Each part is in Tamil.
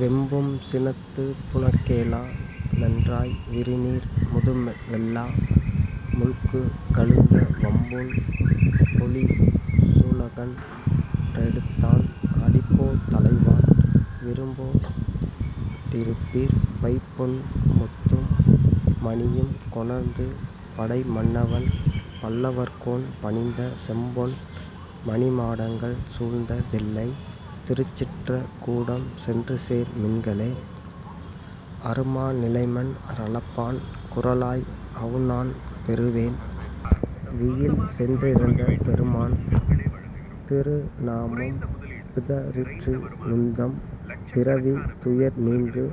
வெம்பும் சினத்துப் புனக்கேழா லொன்றாய் விரிநீர் முதுவெள்ளா முள்புக் கழுந்த, வம்புண் பொழில்சூ ழுலகன் றெடுத்தான் அடிப்போ தணைவான் விருப்போ டிருப்பீர், பைம்பொன்னு முத்தும் மணியும் கொணர்ந்து படைமன்னவன்பல் லவர்க்கோன் பணிந்த, செம்பொன் மணிமாடங் கள்சூழ்ந்த தில்லைத் திருச்சித்ர கூடம் சென்றுசேர் மின்களே.. அருமா நிலமன் றளப்பான் குறளாய் அவுணன் பெருவேள் வியில்சென் றிரந்த, பெருமான் திருநா மம்பிதற் றிநுந்தம் பி றவித் துயர்நீங்கு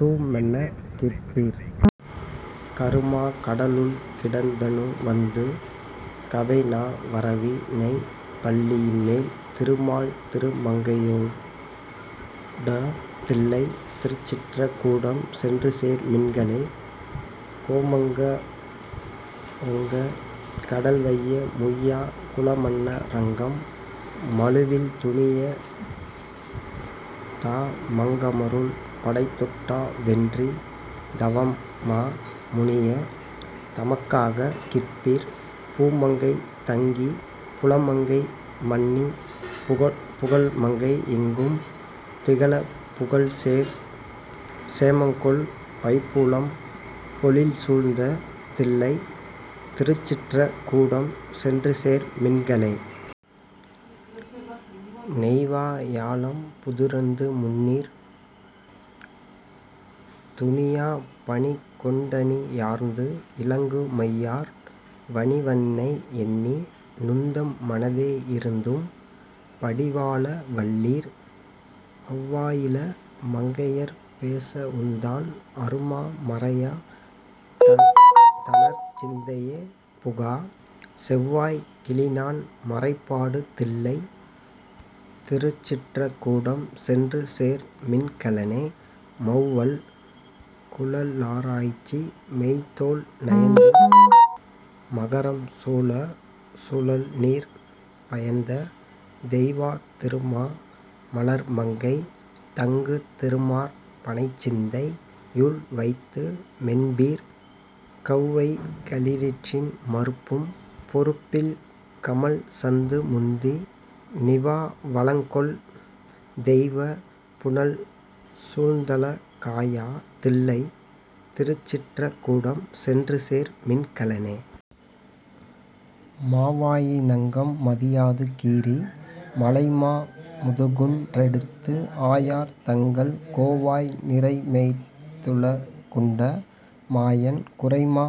துமென்ன கிற்பீர். கருமா கடலுள் கிடந்தா னுவந்து கவைநா வரவி னணைப்பள்ளி யின்மேல், திருமால் திருமங் கையொடாடு தில்லைத் திருச்சித்ர கூடம் சென்றுசேர் மின்களே.. கோமங்க வங்கக் கடல்வைய முய்யாக் குலமன்ன ரங்கம் மழுவில் துணிய, தாமங் கமருள் படைதொட்டா வென்றித் தவமா முனியைத் தமக்காக்க கிற்பீர், பூமங்கை தங்கிப் புலமங்கை மன்னிப் புகழ்மங்கை யெங்கும் திகழப்புகழ்சேர் சேமங்கொள் பைம்பூளம் பொழில்சூழ்ந்த தில்லைத் திருச்சித்ர கூடம் சென்றுசேர் மின்களே.. நெய்வா யழலம் புதுரந்து முந்நீர் துணியப் பணிகொண் டணியார்ந்து, இலங்கு மையார் வணிவண் ணனையெண்ணி நுந்தம் மனத்தே யிருத்தும் படிவாழ வல்லீர், அவ்வாயிளமங் கையர்ப்பேச வுந்தான் அருமா மறையந் தணர்சிந் தைபுக, செவ்வாய்க் கிளிநான் மறைபாடு தில்லைத் திருச்சித்ர கூடம் சென்றுசேர்மின்களனே மௌவல் குழலாராய்ச்சி மெந்தோள் நயந்து மகரம் சுழலச் சுழல்நீர் பயந்த, தெய்வத் திருமா மலர்மங்கை தங்கு திருமார் பனைச்சிந்தை யுள்வைத்து மென்பீர் கௌவைக் களிற்றின் மருப்பும் பொருப்பில் கமழ்சந்து முந்தி நிவாவ லங்கொள், தெய்வப் புனல்சூழ்ந் தழகாய தில்லைத் திருச்சித்ர கூடம் சென்றுசேர்மின்களநே மாவாயி னங்கம் மதியாது கீறி மழைமா முதுகுன் றெடுத்து, ஆயர் தங்கள் கோவாய் நிரைமேய்த் துலகுண்ட மாயன் குரைமா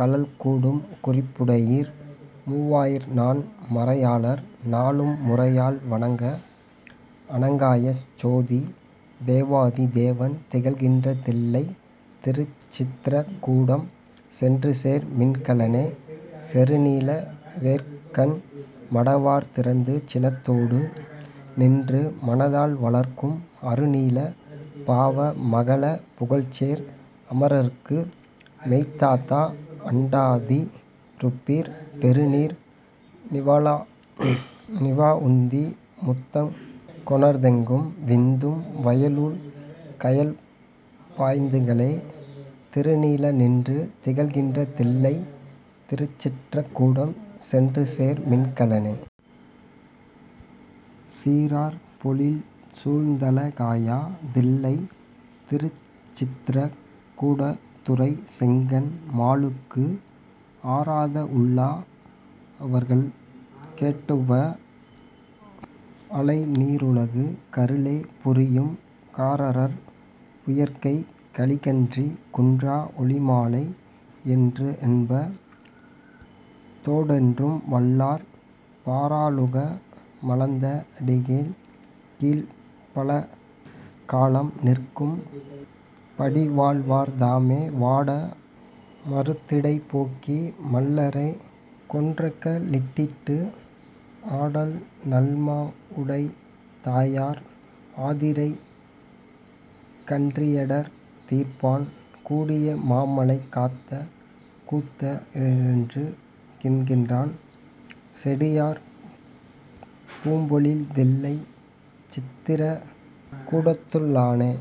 கழல்கூ டும்குறிப் புடையீர், மூவா யிரநான் மறையாளர் நாளும் முறையால் வணங்க அணங்காய சோதி, தேவாதி தேவன் திகழ்கின்ற தில்லைத் திருச்சித்ர கூடம் சென்றுசேர் மின்களனே.. செருநீல வேற்கண் மடவார் திறந்துச் சினத்தோடு நின்று மனத்தால் வளர்க்கும், அருநீல பாவ மகலப் புகழ்சேர் அமரர்க்கு மெய்தாத்தா அண்டத்தி ருப்பீர், பெருநீர் நிவாவுந்தி முத்தங்கொ ணர்ந்தெங்கும் விந்தும் வயலுள் கயல்பாய்ந் துகள, திருநீல நின்று திகழ்கின்ற தில்லைத் திருச்சித்ர கூடம் சென்றுசேர்மின்களேனே. சீரார் பொழில்சூழ்ந் தழகாய தில்லைத் திருசித்ர கூடத் துறைசெங்கண் மாலுக்கு, ஆராத வுள்ளத் தவர்க்கேட் டுவப்ப அலைநீ ருலகுக் கருளே புரியும், காரார் புயற்கைக் கலிகன்றி குன்றா ஒலிமாலை யொறொன்ப தோடொன்றும் வல்லார், பாரா ருலக மளந்தா னடிக்கீழ்ப் பலகாலம் நிற்கும் படிவாழ்வர் தாமே. வாட மருதிடை போகி மல்லரைக் கொன்றொக்க லிட்டிட்டு, ஆடல்நல் மாவுடைத் தாயர் ஆநிரைக் கன்றிடர் தீர்ப்பான், கூடிய மாமழை காத்த கூத்த னெனெவரு கின்றான், சேடுயர் பூம்பொழில் தில்லைச் சித்திர கூடத்துள் ளானே..